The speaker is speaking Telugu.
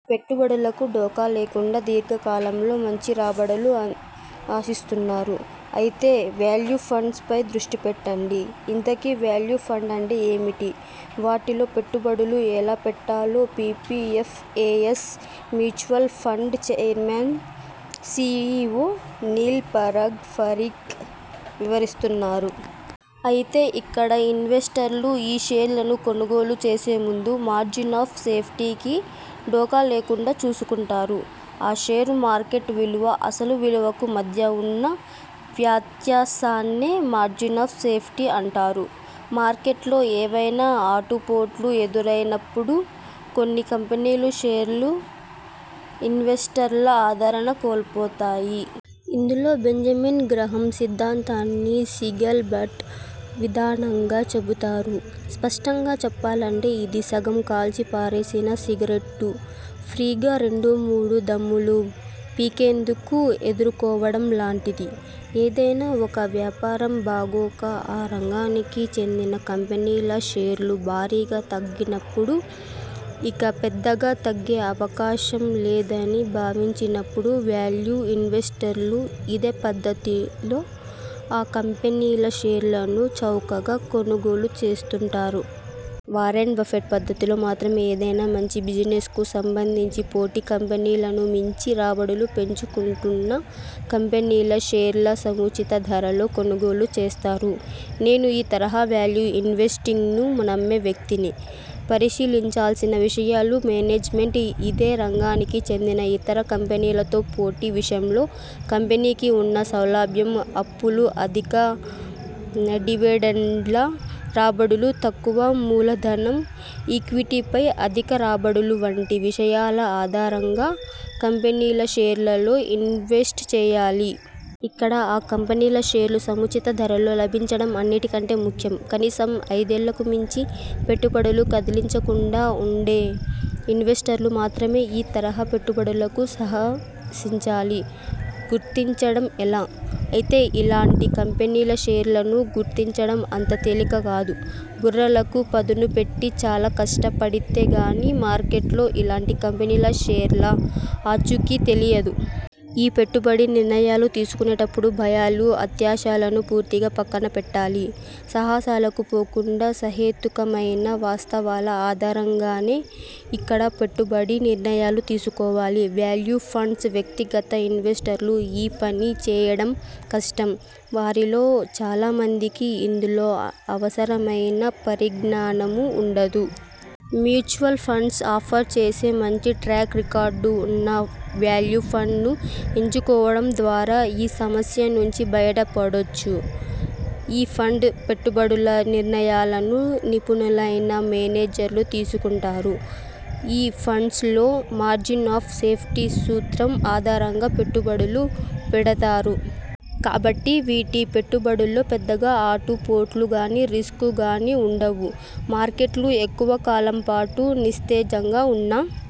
పెట్టుబడులకు ఢోకా లేకుండా దీర్ఘకాలంలో మంచి రాబడులు ఆశిస్తున్నారా? అయితే వాల్యూ ఫండ్స్ పై దృష్టి పెట్టండి. ఇంతకీ వాల్యూ ఫండ్ అంటే ఏమిటి? వాటిలో పెట్టుబడులు ఎలా పెట్టాలో P P F A S mutual fund chairman, C E O Neil Parag ఫరిఖ్ వివరిస్తున్నారు. అయితే ఇక్కడ ఇన్వెస్టర్లు ఈ షేర్లను కొనుగోలు చేసే ముందు 'మార్జిన్ ఆఫ్ సేఫ్టీ'కి ఢోకా లేకుండా చూసుకుంటారు. ఆ షేరు మార్కెట్ విలువ, అసలు విలువకు మధ్య ఉన్న వ్యత్యాసాన్నే 'మార్జిన్ ఆఫ్ సేఫ్టీ' అంటారు. మార్కెట్లో ఏవైనా ఆటుపోట్లు ఎదురైనపుడు కొన్ని కంపెనీల షేర్లు ఇన్వెస్టర్ల ఆదరణ కోల్పోతాయి. ఇందులో బెంజమిన్ గ్రాహమ్ సిద్ధాంతాన్ని 'సిగెల్ బట్' విధానంగా చెబుతారు. స్పష్టంగా చెప్పాలంటే ఇది సగం కాల్చి పారేసిన సిగరెట్టు, ఫ్రీగా రెండు మూడు దమ్ములు పీకేందుకు ఎదురుకోవడం లాంటిది. ఏదైనా ఒక వ్యాపారం బాగోక ఆ రంగానికి చెందిన కంపెనీల షేర్లు భారీగా తగ్గినపుడు, ఇక పెద్దగా తగ్గే అవకాశం లేదని భావించినపుడు వాల్యూ ఇన్వెస్టర్లు ఇదే పద్దతిలో ఆ కంపెనీల షేర్లను చౌకగా కొనుగోలు చేస్తుంటారు. వారెన్ బఫెట్ పద్దతిలో మాత్రంఏదైనా మంచి బిజినెస్కు సంబంధించి పోటీ కంపెనీలను మించి రాబడులు పెంచుకుంటున్న కంపెనీల షేర్ల సముచిత ధరలో కొనుగోలు చేస్తారు. నేను ఈ తరహా వాల్యూ ఇన్వెస్టింగ్ను నమ్మే వ్యక్తిని. పరిశీలించాల్సిన విషయాలు మేనేజ్మెంట్, ఇదే రంగానికి చెందిన ఇతర కంపెనీలతో పోటీ విషంలో కంపెనీకి ఉన్న సౌలాభ్యం, అప్పులు, అధిక డివెడెండ్ల రాబడులు, తక్కువ మూలధనం, ఈక్విటీపై అధిక రాబడులు వంటి విషయాల ఆధారంగా కంపెనీల షేర్లలో ఇన్వెస్ట్ చేయాలి. ఇక్కడ ఆ కంపెనీల షేర్లు సముచిత ధరలో లభించడం అన్నిటి కంటే ముఖ్యం. కనీసం ఐదేళ్లకు మించి పెట్టుబడులు కదిలించకుండా ఉండే ఇన్వెస్టర్లు మాత్రమే ఈ తరహా పెట్టుబడులకు సహసించాలి. గుర్తించడం ఎలా? అయితే ఇలాంటి కంపెనీల షేర్లను గుర్తించడం అంత తేలిక కాదు. బుర్రలకు పదును పెట్టి చాలా కష్టపడితే గానీ మార్కెట్లో ఇలాంటి కంపెనీల షేర్ల ఆచూకీ తెలియదు. ఈ పెట్టుబడి నిర్ణయాలు తీసుకునేటపుడు భయాలు, అత్యాశాలను పూర్తిగా పక్కన పెట్టాలి. సాహసాలకు పోకుండా సహేతుకమైన వాస్తవాల ఆధారంగానే ఇక్కడ పెట్టుబడి నిర్ణయాలు తీసుకోవాలి. వాల్యూ ఫండ్స్ వ్యక్తిగత ఇన్వెస్టర్లు ఈ పని చేయడం కష్టం. వారిలో చాలా మందికి ఇందులో అవసరమైన పరిజ్ఞానమూ ఉండదు. మ్యూచువల్ ఫండ్స్ ఆఫర్ చేసే మంచి ట్రాక్ రికార్డు ఉన్న వాల్యూ ఫండ్ ను ఎంచుకోవడం ద్వారా ఈ సమస్య నుంచి బయట పడొచ్చు. ఈ ఫండ్ పెట్టుబడుల నిర్ణయాలను నిపుణులైన మేనేజర్లు తీసుకుంటారు. ఈ ఫండ్స్ లో 'మార్జిన్ ఆఫ్ సేఫ్టీ' సూత్రం ఆధారంగా పెట్టుబడులు పెడతారు. కాబట్టి వీటి పెట్టుబడుల్లో పెద్దగా ఆటు పోట్లు గానీ రిస్కు గానీ ఉండవు. మార్కెట్లు ఎక్కువ కాలం పాటు నిస్తేజంగా ఉన్నా